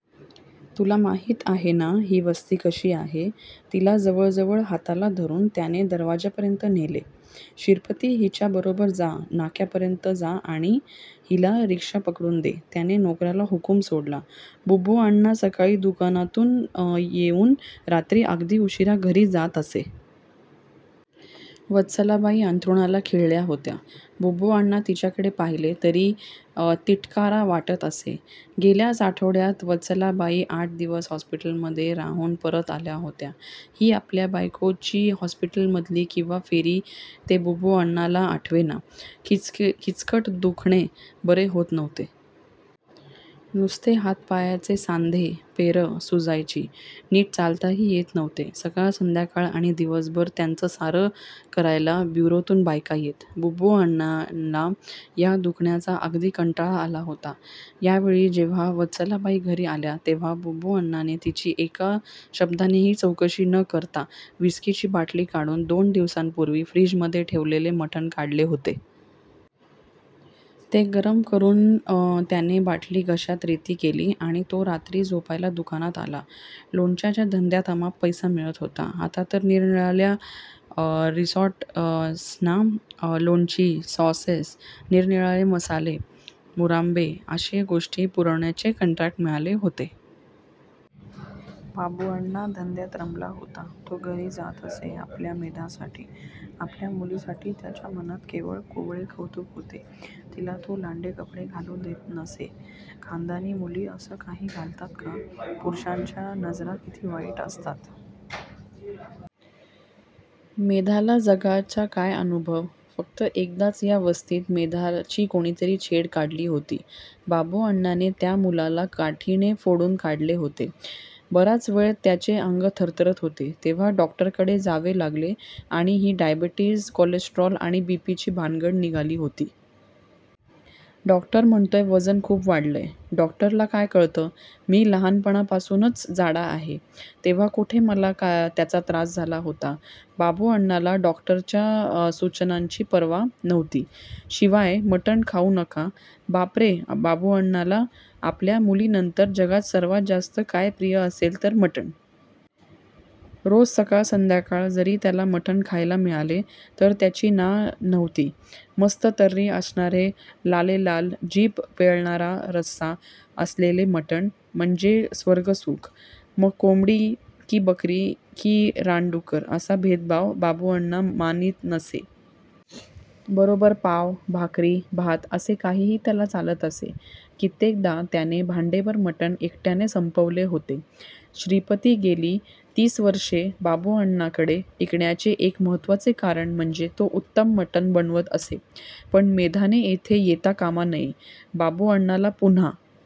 तुला माहीत आहे ना ही वस्ती कशी आहे ती? " तिला जवळजवळ हाताला धरूनच त्याने दरवाजापर्यंत नेले. "शिरपती हीच्या बरोबर त्या नाक्यापर्यंत जा आणि हिला रिक्शा पकडून दे" त्याने नोकराला हुकूम सोडला. बाबुअण्णा सकाळी दुकानात येऊन रात्री अगदी उशीरा घरी जात असे. वत्सलाबाई अंथरुणाला खिळल्या होत्या. बाबुअण्णाला तिच्याकडे पाहिले तरी तिटकारा वाटत असे. गेल्याच आठवड्यात वत्सलाबाई आठ दिवस हॉस्पिटलमध्ये राहून परत आल्या होत्या. ही आपल्या बायकोची हॉस्पिटलमधली कितवी फेरी ते बाबुअण्णाला आठवेना. किचकट दुखणे बरे होत नव्हते. नुसते हातापायाचे सांधे पेरं सुजायची. नीट चालताही येत नव्हते. सकाळ, संध्याकाळ आणि दिवसभर त्यांचं सारं करायला ब्युरोतून बायका येत. बाबुअण्णाला या दुखण्याचा अगदी कंटाळा आला होता. यावेळी जेव्हा वत्सलाबाई घरी आल्या तेव्हा बाबुअण्णाने तिची एका शब्दानेही चौकशी न करता व्हिस्कीची बाटली काढून दोन दिवसापूर्वी फ्रिजमध्ये ठेवलेले मटण काढले होते. ते गरम करून त्याने बाटली घशात रिती केली आणि तो रात्री झोपायला दुकानात आला. लोणच्याच्या धंद्यात अमाप पैसा मिळत होता. आता तर निरनिराळ्या रिसॉर्टसना लोणची, सॉसेस, निरनिराळे मसाले, मुरांबे अशा गोष्टी पुरवण्याचे कंत्राट मिळाले होते. बाबुअण्णा धंद्यात रमला होता. तो घरी जात असे आपल्या मेधासाठी. आपल्या मुलीसाठी त्याच्या मनात केवळ कोवळे कौतुक होते. तिला तो लांडे कपडे घालु देत नसे. खानदानी मुली असलं काही घालतात का? पुरुषांच्या नजरा किती वाईट असतात. मेधाला जगाचा काय अनुभव? फक्त एकदाच या वस्तीत मेधाची कुणीतरी छेड काढली होती. बाबुअण्णाने त्या मुलाला काठीने फोडून काढले होते. बराच वेळ त्याचे अंग थरथरत होते. तेव्हा डॉक्टरकडे जावे लागले आणि ही डायबेटीज, कॉलेस्टेरॉल आणि बीपी ची भानगड निघाली होती. डॉक्टर म्हणतोय वजन खूप वाढलंय. डॉक्टरला काय कळतं? मी लहानपणापासूनच जाडा आहे. तेव्हा कुठे मला त्याचा त्रास झाला होता? बाबुअण्णाला डॉक्टरच्या सुचनांची पर्वा नव्हती. शिवाय मटण खाऊ नका? बापरे, बाबुअण्णाला आपल्या मुलीनंतर जगात सर्वात जास्त काय प्रिय असेल तर मटण. रोज सकाळ संध्याकाळ जरी त्याला मटण खायला मिळाले तर त्याची ना नव्हती. मस्त तर्री असणारे लालेलाल, जीभ पोळणारा रस्सा असलेले मटण म्हणजे स्वर्गसुख. मग कोंबडी, की बकरा कि रानडुक्कर असा भेदभाव बाबुअण्णा मानीत नसे. बरोबर पाव, भाकरी, भात असे काहीही त्याला चालत असे. कित्येकदा त्याने भांडेभर मटण एकट्याने संपवले होते. श्रीपती गेली तीस वर्षे बाबुअण्णाकडे टिकण्याचे एक महत्त्वाचे कारण म्हणजे तो उत्तम मटण बनवत असे. पण मेधाने इथे येता कामा नये. बाबुअण्णाला पुन्हा